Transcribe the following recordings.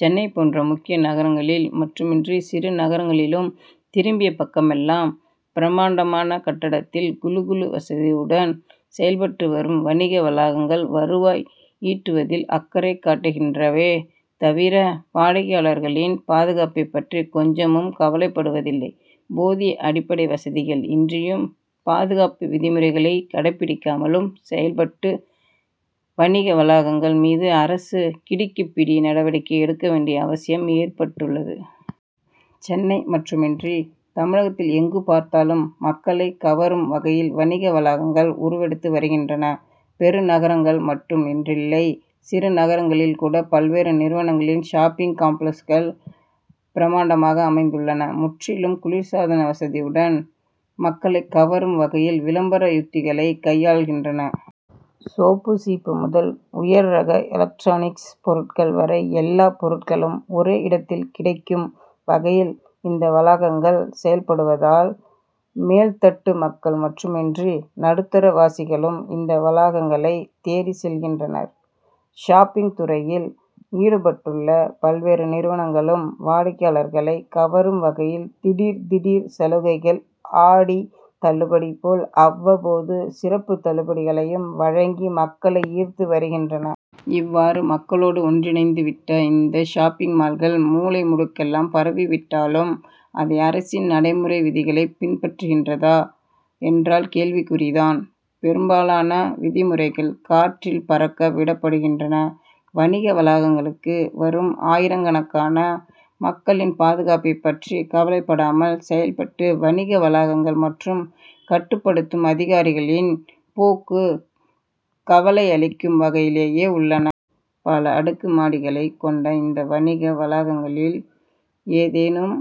சென்னை போன்ற முக்கிய நகரங்களில் மட்டுமின்றி சிறு நகரங்களிலும் திரும்பிய பக்கமெல்லாம் பிரமாண்டமான கட்டடத்தில் குளு குளு வசதியுடன் செயல்பட்டு வரும் வணிக வளாகங்கள் வருவாய் ஈட்டுவதில் அக்கறை காட்டுகின்றவே தவிர வாடிக்கையாளர்களின் பாதுகாப்பைப் பற்றி கொஞ்சமும் கவலைப்படுவதில்லை. போதிய அடிப்படை வசதிகள் இன்றியும் பாதுகாப்பு விதிமுறைகளைக் கடைபிடிக்காமலும் செயல்பட்டு வணிக வளாகங்கள் மீது அரசு கிடுக்கிப்பிடி நடவடிக்கை எடுக்க வேண்டிய அவசியம் ஏற்பட்டுள்ளது. சென்னை மட்டுமின்றி தமிழகத்தில் எங்கு பார்த்தாலும் மக்களைக் கவரும் வகையில் வணிக வளாகங்கள் உருவெடுத்து வருகின்றன. பெருநகரங்கள் மட்டும் என்றில்லை சிறு நகரங்களில் கூட பல்வேறு நிறுவனங்களின் ஷாப்பிங் காம்ப்ளக்ஸ்கள் பிரமாண்டமாக அமைந்துள்ளன. முற்றிலும் குளிர் சாதன வசதியுடனும் மக்களைக் கவரும் வகையில் விளம்பர யுத்திகளை கையாள்கின்றன. சோப்பு சீப்பு முதல் உயர்ரக எலக்டிரானிக்ஸ் பொருட்கள் வரை எல்லா பொருட்களும் ஒரே இடத்தில் கிடைக்கும் வகையில் இந்த வளாகங்கள் செயல்படுவதால் மேல்தட்டு மக்கள் மட்டுமின்றி நடுத்தர வாசிகளும் இந்த வளாகங்களை தேடிச் செல்கின்றனர். ஷாப்பிங் துறையில் ஈடுபட்டுள்ள பல்வேறு நிறுவனங்களும் வாடிக்கையாளர்களை கவரும் வகையில் திடீர் திடீர் சலுகைகள் ஆடித் தள்ளுபடி போல் அவ்வப்போது சிறப்புத் தள்ளுபடிகளையும் வழங்கி மக்களை ஈர்த்து வருகின்றன. இவ்வாறு மக்களோடு ஒன்றிணைந்து விட்ட இந்த ஷாப்பிங் மால்கள் மூலை முடுக்கெல்லாம் பரவிவிட்டாலும் அவை அரசின் நடைமுறை விதிகளை பின்பற்றுகின்றதா என்றால் கேள்விக்குறிதான். பெரும்பாலான விதிமுறைகள் காற்றில் பறக்க விடப்படுகின்றன. வணிக வளாகங்களுக்கு வரும் ஆயிரக்கணக்கான மக்களின் பாதுகாப்பைப் பற்றி கவலைப்படாமல் செயல்பட்டு வணிக வளாகங்கள் மற்றும் கட்டுப்படுத்தும் அதிகாரிகளின் போக்கு கவலையளிக்கும் வகையிலேயே உள்ளன. பல அடுக்கு மாடிகளைக் கொண்ட இந்த வணிக வளாகங்களில் ஏதேனும்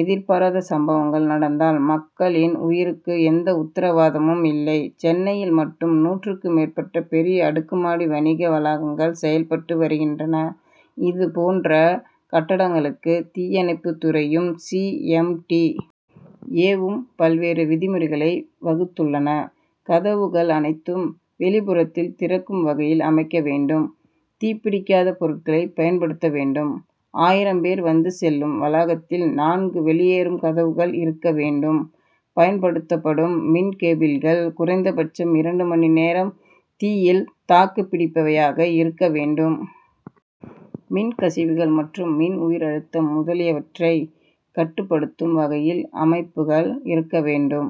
எதிர்பாராத சம்பவங்கள் நடந்தால் மக்களின் உயிருக்கு எந்த உத்தரவாதமும் இல்லை. சென்னையில் மட்டும் நூற்றுக்கும் மேற்பட்ட பெரிய அடுக்குமாடி வணிக வளாகங்கள் செயல்பட்டு வருகின்றன. இதுபோன்ற கட்டடங்களுக்கு தீயணைப்புத் துறையும் சி. எம். டி. ஏ.வும் பல்வேறு விதிமுறைகளை வகுத்துள்ளன. கதவுகள் அனைத்தும் வெளிப்புறத்தில் திறக்கும் வகையில் அமைக்க வேண்டும். தீப்பிடிக்காத பொருட்களை பயன்படுத்த வேண்டும். ஆயிரம் பேர் வந்து செல்லும் வளாகத்தில் நான்கு வெளியேறும் கதவுகள் இருக்க வேண்டும். பயன்படுத்தப்படும் மின் கேபிள்கள் குறைந்தபட்சம் இரண்டு மணி நேரம் தீயில் தாக்குப்பிடிப்பவையாக இருக்க வேண்டும். மின் கசிவுகள் மற்றும் மின் உயர் அழுத்தம் முதலியவற்றை கட்டுப்படுத்தும் வகையில் அமைப்புகள் இருக்க வேண்டும்.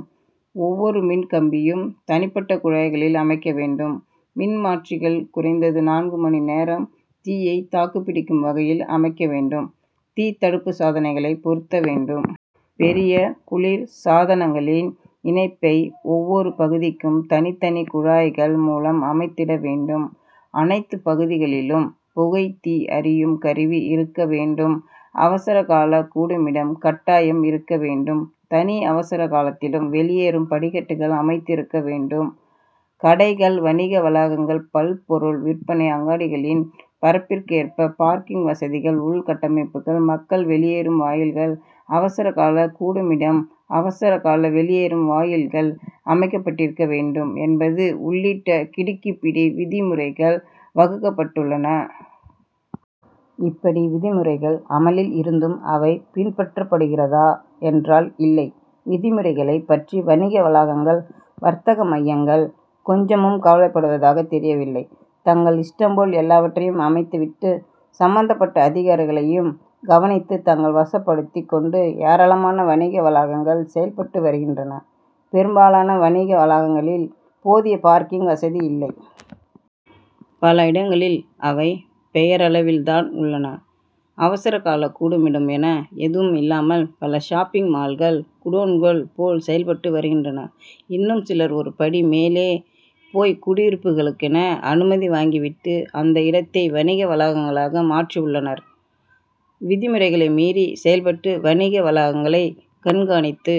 ஒவ்வொரு மின் கம்பியும் தனிப்பட்ட குழாய்களில் அமைக்க வேண்டும். மின்மாற்றிகள் குறைந்தது நான்கு மணி நேரம் தீயை தாக்குப்பிடிக்கும் வகையில் அமைக்க வேண்டும். தீத்தடுப்பு சாதனங்களை பொருத்த வேண்டும். பெரிய குளிர் சாதனங்களின் இணைப்பை ஒவ்வொரு பகுதிக்கும் தனித்தனி குழாய்கள் மூலம் அமைத்திட வேண்டும். அனைத்து பகுதிகளிலும் புகை தீ அறியும் கருவி இருக்க வேண்டும். அவசர கால கூடுமிடம் கட்டாயம் இருக்க வேண்டும். தனி அவசர காலத்திலும் வெளியேறும் படிக்கட்டுக்கள் அமைந்திருக்க வேண்டும். கடைகள் வணிக வளாகங்கள் பல்பொருள் விற்பனை அங்காடிகளின் பரப்பிற்கு ஏற்ப பார்க்கிங் வசதிகள் உள் கட்டமைப்புகள் மக்கள் வெளியேறும் வாயில்கள் அவசர கால கூடுமிடம் அவசரகால வெளியேறும் வாயில்கள் அமைக்கப்பட்டிருக்க வேண்டும் என்பது உள்ளிட்ட கிடுக்கிப்பிடி விதிமுறைகள் வகுக்கப்பட்டுள்ளன. இப்படி விதிமுறைகள் அமலில் இருந்தும் அவை பின்பற்றப்படுகிறதா என்றால் இல்லை. விதிமுறைகளைப் பற்றி வணிக வளாகங்கள் வர்த்தக மையங்கள் கொஞ்சமும் கவலைப்படுவதாக தெரியவில்லை. தங்கள் இஷ்டம்போல் எல்லாவற்றையும் அமைத்துவிட்டு சம்பந்தப்பட்ட அதிகாரிகளையும் கவனித்து தங்கள் வசப்படுத்திக் கொண்டு ஏராளமான வணிக வளாகங்கள் செயல்பட்டு வருகின்றன. பெரும்பாலான வணிக வளாகங்களில் போதிய பார்க்கிங் வசதியில்லை. பல இடங்களில் அவை பெயரளவில்தான் உள்ளன. அவசர கால கூடுமிடம் என எதுவும் இல்லாமல் பல ஷாப்பிங் மால்கள் குடோன்கள் போல் செயல்பட்டு வருகின்றன. இன்னும் சிலர் ஒரு படி மேலே போய் குடியிருப்புக்களுக்கென அனுமதி வாங்கிவிட்டு அந்த இடத்தை வணிக வளாகங்களாக மாற்றியுள்ளனர். விதிமுறைகளை மீறி செயல்பட்டு வணிக வளாகங்களை கண்காணித்து